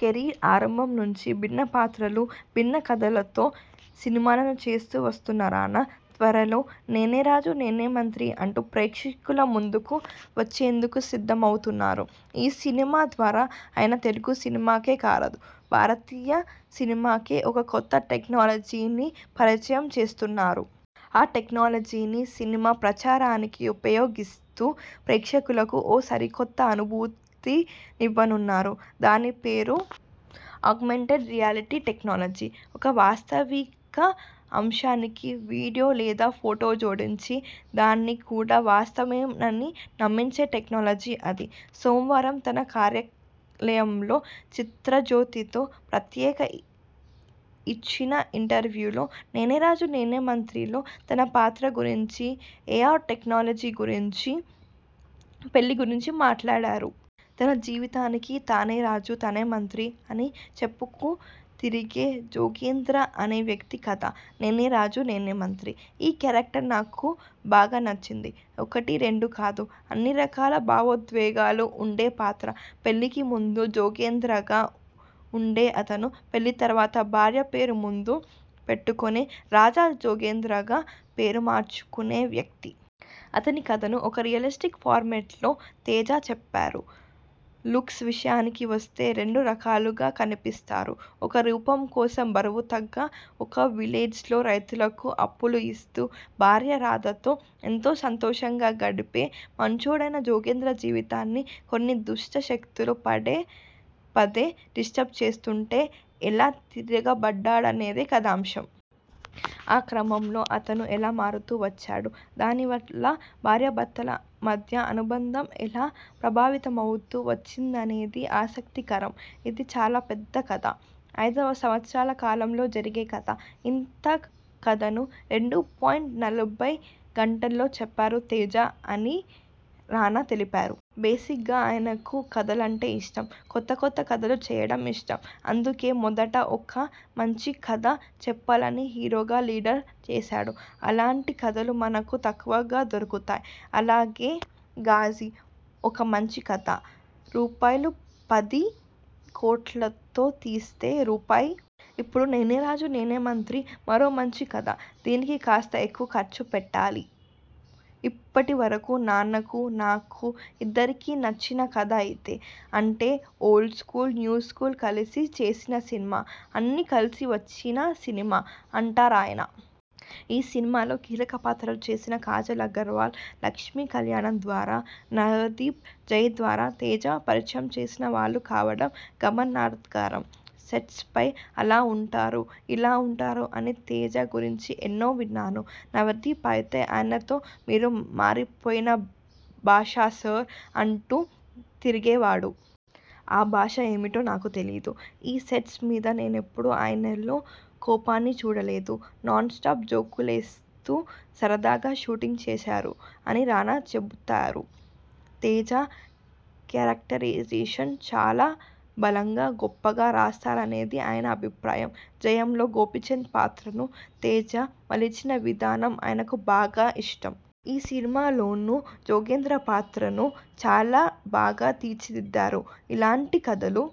Career ఆరంభం నుంచీ భిన్న పాత్రలు, భిన్న కథలతో సినిమాలు చేస్తూ వస్తున్న రానా, త్వరలో 'నేనే రాజు నేనే మంత్రి' అంటూ ప్రేక్షకుల ముందుకు వచ్చేందుకు సిద్ధమవుతున్నారు. ఈ సినిమా ద్వారా ఆయన తెలుగు సినిమాకే కాదు, భారతీయ సినిమాకే ఒక కొత్త టెక్నాలజీని పరిచయం చేస్తున్నారు. ఆ టెక్నాలజీని సినిమా ప్రచారానికి ఉపయోగిస్తూ, ప్రేక్షకులకు ఒక సరికొత్త అనుభూతి నివ్వనున్నారు. దాని పేరు 'ఆగ్మెంటెడ్ రియాలిటీ' టెక్నాలజీ. ఒక వాస్తవిక అంశానికి వీడియో లేదా ఫొటో జోడించి, దాన్ని కూడా వాస్తవమేనని నమ్మించే టెక్నాలజీ అది. సోమవారం తన కార్యాల యంలో చిత్రజ్యోతితో ప్రత్యేక ఇచ్చిన ఇంటర్వ్యూలో 'నేనే రాజు నేనే మంత్రి'లో తన పాత్ర గురించీ, ఏఆర్ టెక్నాలజీ గురించీ, పెళ్లి గురించీ మాట్లాడారు. తన జీవితానికి తనే రాజు, తనే మంత్రి అని చెప్పుకు తిరిగే జోగేంద్ర అనే వ్యక్తి కథ 'నేనే రాజు నేనే మంత్రి'. ''ఈ కేరక్టర్ నాకు బాగా నచ్చింది. ఒకటి, రెండు కాదు, అన్ని రకాల భావోద్వేగాలు ఉండే పాత్ర. పెళ్లికి ముందు జోగేంద్రగా ఉండే అతను పెళ్లి తర్వాత భార్య పేరు ముందు పెట్టుకొని రాధా జోగేంద్రగా పేరు మార్చుకొనే వ్యక్తి. అతని కథను ఒక రియలిస్టిక్ ఫార్మట్లో తేజ చెప్పారు. లుక్స్ విషయానికి వస్తే రెండు రకాలుగా కనిపిస్తా. ఒక రూపం కోసం బరువు తగ్గా. ఒక విలేజ్లో రైతులకు అప్పులు ఇస్తూ, భార్య రాధ తో ఎంతో సంతోషంగా గడిపే మంచోడైన జోగేంద్ర జీవితాన్ని కొన్ని దుష్ట శక్తులు పడే పదే డిస్టర్బ్ చేస్తుంటే, ఎలా తిరగ బడ్డాడనేది కథాంశం. ఆ క్రమంలో అతను ఎలా మారుతూ వచ్చాడు, దాని వల్ల భార్యా భర్తల మధ్య అనుబంధం ఎలా ప్రభావితమవుతూ వచ్చిందనేది ఆసక్తి కరం. ఇది చాలా పెద్ద కథ. ఐదు సంవత్సరాల కాలంలో జరిగే కథ. ఇంత కథను రెండు పాయింట్ నలభై గంటల్లో చెప్పారు తేజ అని రానా తెలిపారు. బేసిగ్గా ఆయనకు కథలంటే ఇష్టం. కొత్త కొత్త కథలు చేయడం ఇష్టం. ''అందుకే మొదట ఒక మంచి కథ చెప్పాలని హీరోగా 'లీడర్' చేశాను. అలాంటి కథలు మనకు తక్కువగా దొరుకుతాయి. అలాగే 'ఘాజీ' ఒక మంచి కథ. రూపాయలు. పది కోట్లతో తీస్తే, రూపాయలు ఇప్పుడు 'నేనే రాజు నేనే మంత్రి' మరో మంచి కథ. దీనికి కాస్త ఎక్కువ ఖర్చు పెట్టాలి. ఇప్పటి వరకూ నాన్నకూ, నాకూ.. ఇద్దరికీ నచ్చిన కథ ఇదే. అంటే ఓల్డ్ స్కూల్, న్యూ స్కూల్ కలిసి చేసిన సినిమా. అన్నీ కలిసి వచ్చిన సినిమా'' అంటారాయాన. ఈ సినిమాలో కీలక పాత్రలు చేసిన కాజల్ అగర్వాల్ 'లక్ష్మీ కల్యాణం' ద్వారా, నవదీప్ 'జై' ద్వారా తేజ పరిచయం చేసిన వాళ్లు కావడం గమనర్ధరం. ''సెట్స్పై అలా ఉంటారు, ఇలా ఉంటారు, అని తేజ గురించి ఎన్నో విన్నాను. నవదీప్ అయితే ఆయనతో 'మీరు మారిపోయిన బాషా సర్' అంటూ తిరిగేవాడు. ఆ బాషా ఏమిటో నాకు తెలీదు. ఈ సెట్స్ మీద నేనెప్పుడూ ఆయనలో కోపాన్ని చూడలేదు. నాన్ స్టాప్ జోకులేస్తూ సరదాగా షూటింగ్ చేశారు'' అని రానా చెబుతారు. తేజ, క్యారెక్టరైజేషన్స్ చాలా బలంగా, గొప్పగా రాస్తారనేది ఆయన అభిప్రాయం. 'జయం'లో గోపీచంద్ పాత్రను తేజ మలిచిన విధానం ఆయనకు బాగా ఇష్టం. ''ఈ సినిమా లోనూ జోగేంద్ర పాత్రను చాలా బాగా తీర్చిదిద్దారు. ఇలాంటి కథలు